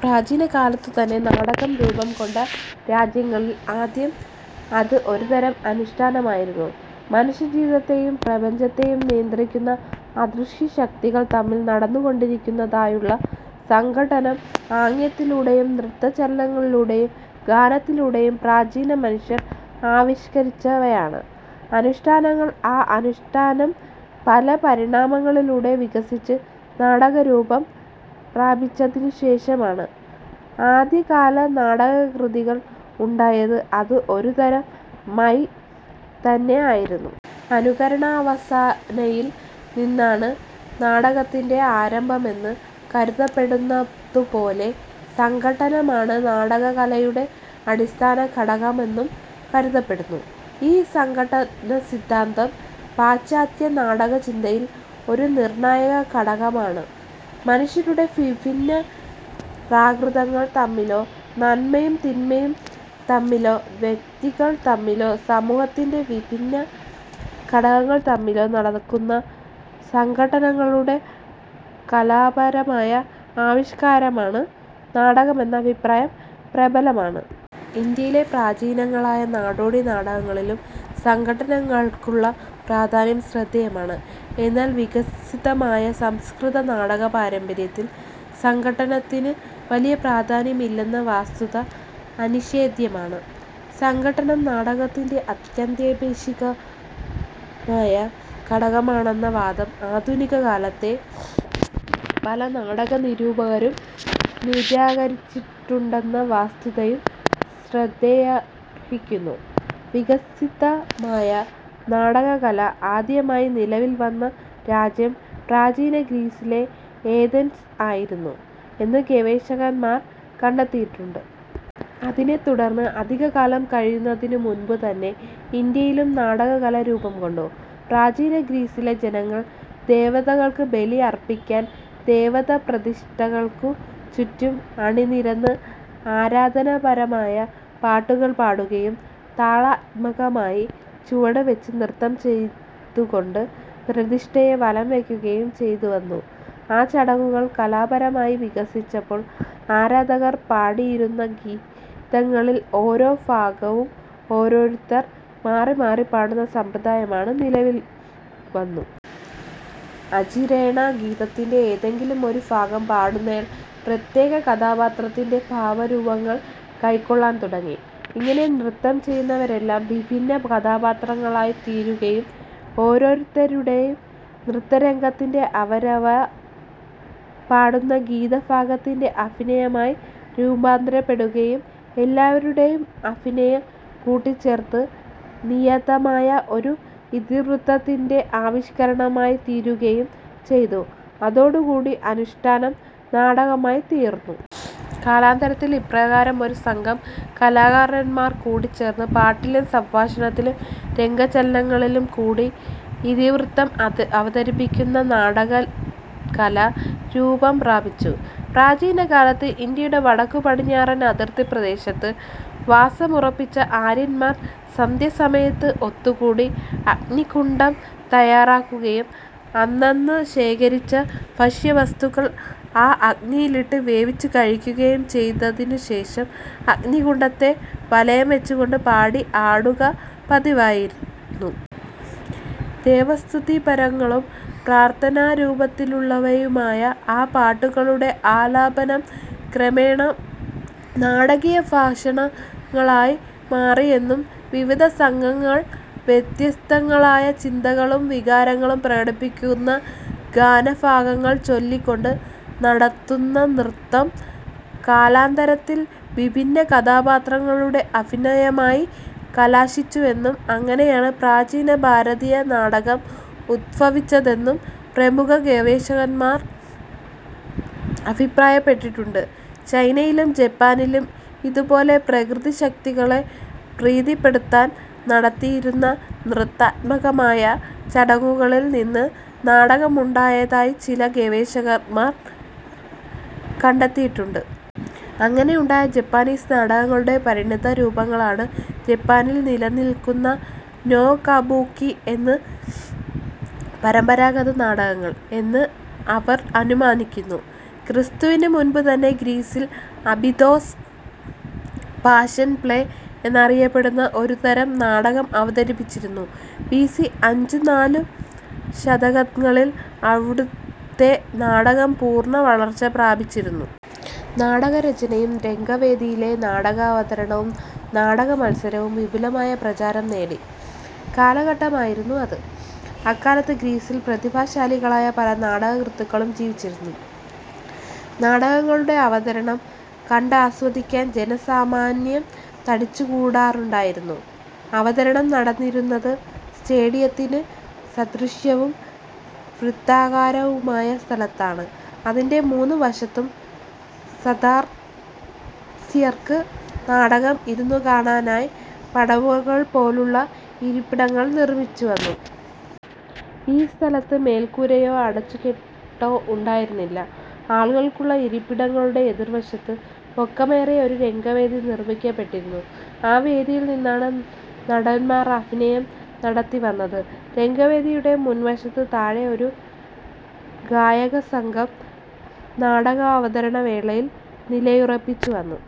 പ്രാചീന കാലത്തുതന്നെ നാടകം രൂപംകൊണ്ട രാജ്യങ്ങളിൽ ആദ്യം അത് ഒരുതരം അനുഷ്ഠാനമായിരുന്നു. മനുഷ്യജീവിതത്തെയും പ്രപഞ്ചത്തെയും നിയന്ത്രിക്കുന്ന അദൃശ്യശക്തികൾ തമ്മിൽ നടന്നുകൊണ്ടിരിക്കുന്നതായുള്ള സംഘട്ടനം ആംഗ്യത്തിലൂടെയും നൃത്തചലനങ്ങളിലൂടെയും ഗാനത്തിലൂടെയും പ്രാചീനമനുഷ്യർ ആവിഷ്കരിച്ചവയാണ് അനുഷ്ഠാനങ്ങൾ. ആ അനുഷ്ഠാനം പല പരിണാമങ്ങളിലൂടെ വികസിച്ച് നാടകരൂപം പ്രാപിച്ചതിനുശേഷമാണ് ആദ്യകാല നാടകകൃതികൾ ഉണ്ടായത്. അത് ഒരുതരം മൈം തന്നെ ആയിരുന്നു. അനുകരണവാസനയിൽ നിന്നാണ് നാടകത്തിന്റെ ആരംഭമെന്ന് കരുതപ്പെടുന്നതുപോലെ സംഘട്ടനമാണ് നാടകകലയുടെ അടിസ്ഥാനഘടകമെന്നും കരുതപ്പെടുന്നു. ഈ സംഘട്ടനസിദ്ധാന്തം പാശ്ചാത്യ നാടകചിന്തയിൽ ഒരു നിർണായകഘടകമാണ്. മനുഷ്യരുടെ വിഭിന്ന പ്രകൃതങ്ങൾ തമ്മിലോ നന്മയും തിന്മയും തമ്മിലോ വ്യക്തികൾ തമ്മിലോ സമൂഹത്തിന്റെ വിഭിന്ന ഘടകങ്ങൾ തമ്മിലോ നടക്കുന്ന സംഘട്ടനങ്ങളുടെ കലാപരമായ ആവിഷ്കാരമാണ് നാടകം എന്ന അഭിപ്രായം പ്രബലമാണ്. ഇന്ത്യയിലെ പ്രാചീനങ്ങളായ നാടോടി നാടകങ്ങളിലും സംഘട്ടനങ്ങൾക്കുള്ള പ്രാധാന്യം ശ്രദ്ധേയമാണ്. എന്നാൽ വികസിതമായ സംസ്കൃത നാടക പാരമ്പര്യത്തിൽ സംഘട്ടനത്തിന് വലിയ പ്രാധാന്യം ഇല്ലെന്ന വാസ്തുത അനിഷേധ്യമാണ്. സംഘട്ടനം നാടകത്തിന്റെ അത്യന്താപേക്ഷികമായ ഘടകമാണെന്ന വാദം ആധുനിക കാലത്തെ പല നാടക നിരൂപകരും നിരാകരിച്ചിട്ടുണ്ടെന്ന വാസ്തുതയും ശ്രദ്ധയർഹിക്കുന്നു. വികസിതമായ നാടകകല ആദ്യമായി നിലവിൽ വന്ന രാജ്യം പ്രാചീന ഗ്രീസിലെ ഏഥൻസ് ആയിരുന്നു എന്ന് ഗവേഷകന്മാർ കണ്ടെത്തിയിട്ടുണ്ട്. അതിനെത്തുടർന്ന് അധികകാലം കഴിയുന്നതിനു മുൻമ്പുതന്നെ ഇന്ത്യയിലും നാടകകല രൂപംകൊണ്ടു. പ്രാചീനഗ്രീസിലെ ജനങ്ങൾ ദേവതകൾക്ക് ബലി അർപ്പിക്കാൻ ദേവതാ പ്രതിഷ്ഠകൾക്കു ചുറ്റും അണിനിരന്ന് ആരാധനാപരമായ പാട്ടുകൾ പാടുകയും താളാത്മകമായി ചുവടുവച്ച് നൃത്തം ചെയ്തുകൊണ്ട് പ്രതിഷ്ഠയെ വലംവയ്ക്കുകയും ചെയ്തുവന്നു. ആ ചടങ്ങുകൾ കലാപരമായി വികസിച്ചപ്പോൾ ആരാധകർ പാടിയിരുന്ന ഗീതങ്ങളിൽ ഓരോ ഭാഗവും ഓരോരുത്തർ മാറിമാറി പാടുന്ന സമ്പ്രദായം നിലവിൽവന്നു. അചിരേണ ഗീതത്തിന്റെ ഏതെങ്കിലും ഒരു ഫാഗം പാടുന്നയാൾ പ്രത്യേക കഥാപാത്രത്തിന്റെ ഭാവരൂപങ്ങൾ കൈക്കൊള്ളാൻ തുടങ്ങി. ഇങ്ങനെ നൃത്തം ചെയ്യുന്നവരെല്ലാം വിഭിന്ന കഥാപാത്രങ്ങളായിത്തീരുകയും ഓരോരുത്തരുടെയും നൃത്തരംഗത്തിന്റെ അവരവർ പാടുന്ന ഗീതഭാഗത്തിന്റെ അഭിനയമായി രൂപാന്തരപ്പെടുകയും എല്ലാവരുടെയും അഭിനയം കൂടിച്ചേർന്ന് നിയതമായ ഒരു ഇതിവൃത്തത്തിന്റെ ആവിഷ്കരണമായിത്തീരുകയും ചെയ്തു. അതോടുകൂടി അനുഷ്ഠാനം നാടകമായിത്തീർന്നു. കാലാന്തരത്തിൽ ഇപ്രകാരം ഒരു സംഘം കലാകാരന്മാർ കൂടിച്ചേർന്ന് പാട്ടിലും സംഭാഷണത്തിലും രംഗചലനങ്ങളിലും കൂടി ഇതിവൃത്തം അ അവതരിപ്പിക്കുന്ന നാടകകല രൂപംപ്രാപിച്ചു. പ്രാചീനകാലത്ത് ഇന്ത്യയുടെ വടക്കുപടിഞ്ഞാറൻ അതിർത്തി പ്രദേശത്ത് വാസമുറപ്പിച്ച ആര്യന്മാർ സന്ധ്യാസമയത്ത് ഒത്തുകൂടി അഗ്നികുണ്ഠം തയ്യാറാക്കുകയും അന്നന്ന് ശേഖരിച്ച ഭക്ഷ്യവസ്തുക്കൾ ആ അഗ്നിയിലിട്ട് വേവിച്ചു കഴിക്കുകയും ചെയ്തതിനുശേഷം അഗ്നികുണ്ഠത്തെ വലയം വച്ചുകൊണ്ടു പാടി ആടുക പതിവായിരുന്നു. ദേവതാസ്തുതിപരങ്ങളും പ്രാർഥനാരൂപത്തിലുള്ളവയുമായ ആ പാട്ടുകളുടെ ആലാപനം, ക്രമേണ നാടകീയ ഫാഷണങ്ങളായി മാറിയെന്നും വിവിധ സംഘാംഗങ്ങൾ വ്യത്യസ്തങ്ങളായ ചിന്തകളും വികാരങ്ങളും പ്രകടിപ്പിക്കുന്ന ഗാനഫാഗങ്ങൾ ചൊല്ലിക്കൊണ്ട് നടത്തുന്ന നൃത്തം കാലാന്തരത്തിൽ വിഭിന്ന കഥാപാത്രങ്ങളുടെ അഭിനയമായി കലാശിച്ചുവെന്നും അങ്ങനെയാണ് പ്രാചീന ഭാരതീയ നാടകം ഉദ്ഭവിച്ചതെന്നും പ്രമുഖ ഗവേഷകന്മാർ അഭിപ്രായപ്പെട്ടിട്ടുണ്ട്. ചൈനയിലും ജപ്പാനിലും ഇതുപോലെ പ്രകൃതിശക്തികളെ പ്രീതിപ്പെടുത്താൻ നടത്തിയിരുന്ന നൃത്താത്മകമായ ചടങ്ങുകളിൽ നിന്ന് നാടകമുണ്ടായതായി ചില ഗവേഷകന്മാർ കണ്ടെത്തിയിട്ടുണ്ട്. അങ്ങനെ ഉണ്ടായ ജാപ്പനീസ് നാടകങ്ങളുടെ പരിണതരൂപങ്ങളാണ് ജപ്പാനിൽ നിലനിൽക്കുന്ന നോ, കബൂക്കി എന്നീ പരമ്പരാഗത നാടകങ്ങൾ എന്ന് അവർ അനുമാനിക്കുന്നു. ക്രിസ്തുവിന് മുൻപ് തന്നെ ഗ്രീസിൽ അബിദോസ് പാഷൻ പ്ലേ എന്നറിയപ്പെടുന്ന ഒരുതരം നാടകം അവതരിപ്പിച്ചിരുന്നു. ബിസി അഞ്ചും നാലും ശതകങ്ങളിൽ അവിടുത്തെ നാടകം പൂർണ വളർച്ച പ്രാപിച്ചിരുന്നു. നാടകരചനയും രംഗവേദിയിലെ നാടകാവതരണവും നാടകമത്സരവും വിപുലമായ പ്രചാരം നേടിയ കാലഘട്ടമായിരുന്നു അത്. അക്കാലത്ത് ഗ്രീസിൽ പ്രതിഭാശാലികളായ പല നാടകകൃത്തുക്കളും ജീവിച്ചിരുന്നു. നാടകങ്ങളുടെ അവതരണം കണ്ടാസ്വദിക്കാൻ ജനസാമാന്യം തടിച്ചുകൂടാറുണ്ടായിരുന്നു. അവതരണം നടന്നിരുന്നത് സ്റ്റേഡിയത്തിന് സദൃശവും വൃത്താകാരവുമായ സ്ഥലത്താണ്. അതിന്റെ മൂന്ന് വശത്തും സദാസ്യർക്ക് നാടകം ഇരുന്നുകാണാനായി പടവുകൾ പോലുള്ള ഇരിപ്പിടങ്ങൾ നിർമിച്ചുവന്നു. ഈ സ്ഥലത്ത് മേൽക്കൂരയോ അടച്ചുകെട്ടോ ഉണ്ടായിരുന്നില്ല. ആളുകൾക്കുള്ള ഇരിപ്പിടങ്ങളുടെ എതിർവശത്ത് പൊക്കമേറിയ ഒരു രംഗവേദി നിർമ്മിക്കപ്പെട്ടിരുന്നു. ആ വേദിയിൽ നിന്നാണ് നടന്മാർ അഭിനയം നടത്തിവന്നത്. രംഗവേദിയുടെ മുൻവശത്ത് താഴെ ഒരു ഗായകസംഘം നാടകാവതരണവേളയിൽ നിലയുറപ്പിച്ചുവന്നു.